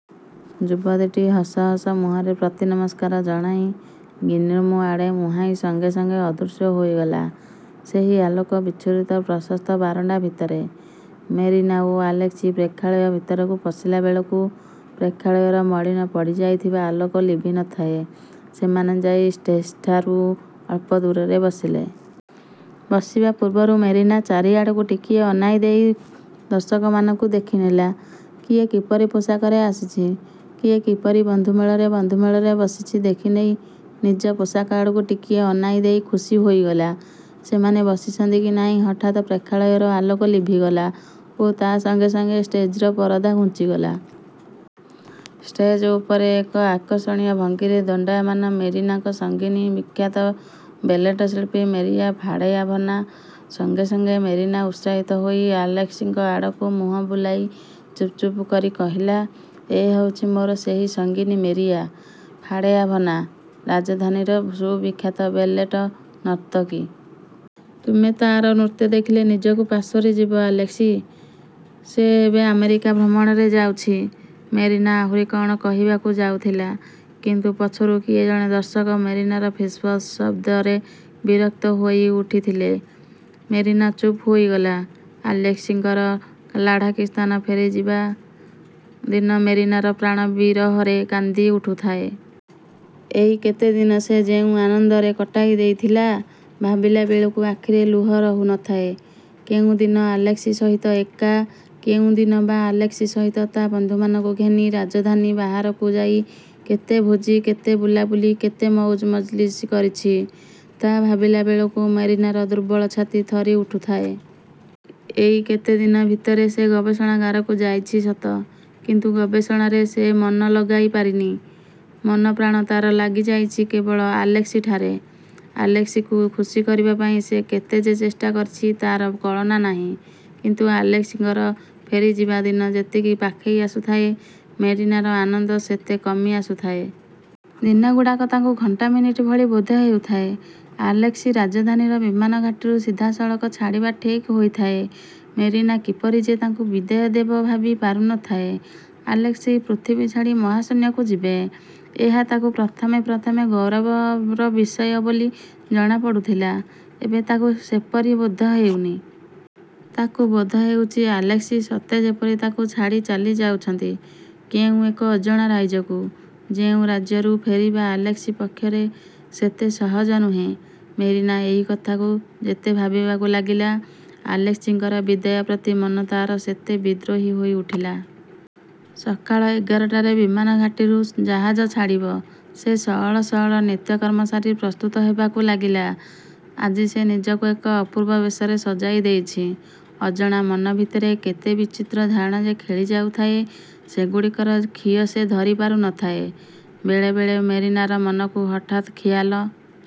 ଯୁବତୀଟି ହସହସ ମୁହଁରେ ପ୍ରତିନମସ୍କାର ଜଣାଇ ଗ୍ରୀନ୍ରୁମ୍ ଆଡ଼େ ମୁହାଁଇ ସଙ୍ଗେ ସଙ୍ଗେ ଅଦୃଶ୍ୟ ହୋଇଗଲା ସେହି ଆଲୋକ-ବିଚ୍ଛୁରିତ ପ୍ରଶସ୍ତ ବାରଣ୍ଡା ଭିତରେ। ମେରିନା ଓ ଆଲେସ୍କି ପ୍ରେକ୍ଷାଳୟ ଭିତରକୁ ପଶିଲାବେଳକୁ ପ୍ରେକ୍ଷାଳୟର ମଳିନ ପଡ଼ିଯାଇଥିବା ଆଲୋକ ଲିଭି ନଥାଏ। ସେମାନେ ଯାଇ ଷ୍ଟେଜ୍ଠାରୁ ଅଳ୍ପଦୂରରେ ବସିଲେ। ବସିବା ପୂର୍ବରୁ ମେରିନା ଚାରିଆଡ଼କୁ ଟିକିଏ ଅନାଇ ଦେଇ ଦର୍ଶକମାନଙ୍କୁ ଦେଖିନେଲା। କିଏ କିପରି ପୋଷାକରେ ଆସିଛି, କିଏ କିପରି ବନ୍ଧୁମେଳରେ ବନ୍ଧୁମେଳରେ ବସିଛି ଦେଖିନେଇ ନିଜ ପୋଷାକ ଆଡ଼କୁ ଟିକିଏ ଅନାଇ ଦେଇ ଖୁସି ହୋଇଗଲା। ସେମାନେ ବସିଛନ୍ତି କି ନାହିଁ ହଠାତ୍ ପ୍ରେକ୍ଷାଳୟର ଆଲୋକ ଲିଭିଗଲା ଓ ତା ସଙ୍ଗେ ସଙ୍ଗେ ଷ୍ଟେଜ୍ର ପରଦା ଘୁଞ୍ଚିଗଲା। ଷ୍ଟେଜ୍ ଉପରେ ଏକ ଆକର୍ଷଣୀୟ ଭଙ୍ଗୀରେ ଦଣ୍ଡାୟମାନା ମେରିନାର ସଙ୍ଗିନୀ ବିଖ୍ୟାତ ବେଲେଟ୍-ଶିଳ୍ପୀ ମେରିଆ ଫାଡ଼େୟାଭନା। ସଙ୍ଗେ ସଙ୍ଗେ ମେରିନା ଉତ୍ସାହିତ ହୋଇ ଆଲେସ୍କିଙ୍କ ଆଡ଼କୁ ମୁହଁ ବୁଲାଇ ଚୁପ୍ଚୁପ୍ କରି କହିଲା– ଏ ହେଉଛି ମୋର ସେଇ ସଙ୍ଗିନୀ ମେରିଆ ଫାଡ଼େୟାଭନା–ରାଜଧାନୀର ସୁବିଖ୍ୟାତ ବେଲେଟ୍ ନର୍ତ୍ତକୀ। ତୁମେ ତା'ର ନୃତ୍ୟ ଦେଖିଲେ ନିଜକୁ ପାସୋରିଯିବ ଆଲେସ୍କି! ସେ ଏବେ ଆମେରିକା ଭ୍ରମଣରେ ଯାଉଛି। '' ମେରିନା ଆହୁରି କ'ଣ କହିବାକୁ ଯାଉଥିଲା; କିନ୍ତୁ ପଛରୁ କିଏ ଜଣେ ଦର୍ଶକ ମେରିନାର ଫିସ୍ଫିସ୍ ଶବ୍ଦରେ ବିରକ୍ତ ହୋଇଉଠିଥିଲେ। ମେରିନା ଚୁପ୍ ହୋଇଗଲା। ଆଲେସ୍କିଙ୍କର ଲାଢ଼ାକିସ୍ଥାନ ଫେରିଯିବା ଦିନ ମେରିନାର ପ୍ରାଣ ବିରହରେ କାନ୍ଦି ଉଠୁଥାଏ। ଏଇ କେତେଦିନ ସେ ଯେଉଁ ଆନନ୍ଦରେ କଟାଇ ଦେଇଥିଲା, ଭାବିଲାବେଳକୁ ଆଖିରେ ଲୁହ ରହୁ ନଥାଏ। କେଉଁ ଦିନ ଆଲେସ୍କି ସହିତ ଏକା, କେଉଁ ଦିନ ବା ଆଲେସ୍କି ସହିତ ତା' ବନ୍ଧୁମାନଙ୍କୁ ଘେନି ରାଜଧାନୀ ବାହାରକୁ ଯାଇ କେତେ ଭୋଜି, କେତେ ବୁଲାବୁଲି କେତେ ମଉଜ ମଜ୍ଲିସ୍ କରିଛି; ତା ଭାବିଲାବେଳକୁ ମେରିନାର ଦୁର୍ବଳ ଛାତି ଥରିଉଠୁଥାଏ। ଏଇ କେତେଦିନ ଭିତରେ ସେ ଗବେଷଣାଗାରକୁ ଯାଇଛି ସତ; କିନ୍ତୁ ଗବେଷଣାରେ ସେ ମନ ଲଗାଇପାରିନି। ମନପ୍ରାଣ ତା'ର ଲାଗିଯାଇଛି କେବଳ ଆଲେସ୍କିଠାରେ। ଆଲେସ୍କିକୁ ଖୁସି କରିବା ପାଇଁ ସେ କେତେ ଯେ ଚେଷ୍ଟା କରିଛି ତା'ର କଳନା ନାହିଁ। କିନ୍ତୁ ଆଲେସ୍କିଙ୍କର ଫେରିଯିବା ଦିନ ଯେତିକି ପାଖେଇ ଆସୁଥାଏ, ମେରିନାର ଆନନ୍ଦ ସେତେ କମି ଆସୁଥାଏ। ଦିନଗୁଡ଼ାକ ତାକୁ ଘଣ୍ଟା ମିନିଟ୍ ଭଳି ବୋଧ ହେଉଥାଏ। ଆଲେସ୍କି ରାଜଧାନୀର ବିମାନଘାଟିରୁ ସିଧାସଳଖ ଛାଡ଼ିବା ଠିକ୍ ହୋଇଥାଏ। ମେରିନା କିପରି ଯେ ତା'ଙ୍କୁ ବିଦାୟ ଦେବ ଭାବି ପାରୁ ନ ଥାଏ। ଆଲେସ୍କି ପୃଥିବୀ ଛାଡ଼ି ମହାଶୂନ୍ୟକୁ ଯିବେ, ଏହା ତା'କୁ ପ୍ରଥମେ ପ୍ରଥମେ ଗୌରବର ବିଷୟ ବୋଲି ଜଣାପଡ଼ୁଥିଲା, ଏବେ ତା'କୁ ସେପରି ବୋଧ ହେଉନି। ତାକୁ ବୋଧ ହେଉଛି ଆଲେସ୍କି ସତେ ଯେପରି ତା'କୁ ଛାଡ଼ି ଚାଲିଯାଉଛନ୍ତି କେଉଁ ଏକ ଅଜଣା ରାଇଜକୁ–ଯେଉଁ ରାଜ୍ୟରୁ ଫେରିବା ଆଲେସ୍କି ପକ୍ଷରେ ସେତେ ସହଜ ନୁହେଁ। ମେରିନା ଏଇ କଥାକୁ ଯେତେ ଭାବିବାକୁ ଲାଗିଲା, ଆଲେସ୍କିଙ୍କର ବିଦାୟ ପ୍ରତି ମନ ତା'ର ସେତେ ବିଦ୍ରୋହୀ ହୋଇ ଉଠିଲା। ସକାଳ ଏଗାରଟାରେ ବିମମାନଘାଟିରୁ ଜାହାଜ ଛାଡ଼ିବ। ସେ ସଅଳ ସଅଳ ନିତ୍ୟକର୍ମ ସାରି ପ୍ରସ୍ତୁତ ହେବାକୁ ଲାଗିଲା। ଆଜି ସେ ନିଜକୁ ଏକ ଅପୂର୍ବ ବେଶରେ ସଜାଇ ଦେଇଛି। ଅଜଣା ମନ ଭିତରେ କେତେ ବିଚିତ୍ର ଧାରଣା ଯେ ଖେଳିଯାଉଥାଏ, ସେଗୁଡ଼ିକର ଖିଅ ସେ ଧରିପାରୁ ନ ଥାଏ। ବେଳେବେଳେ ମେରିନାର ମନକୁ ହଠାତ୍ ଖିଆଲ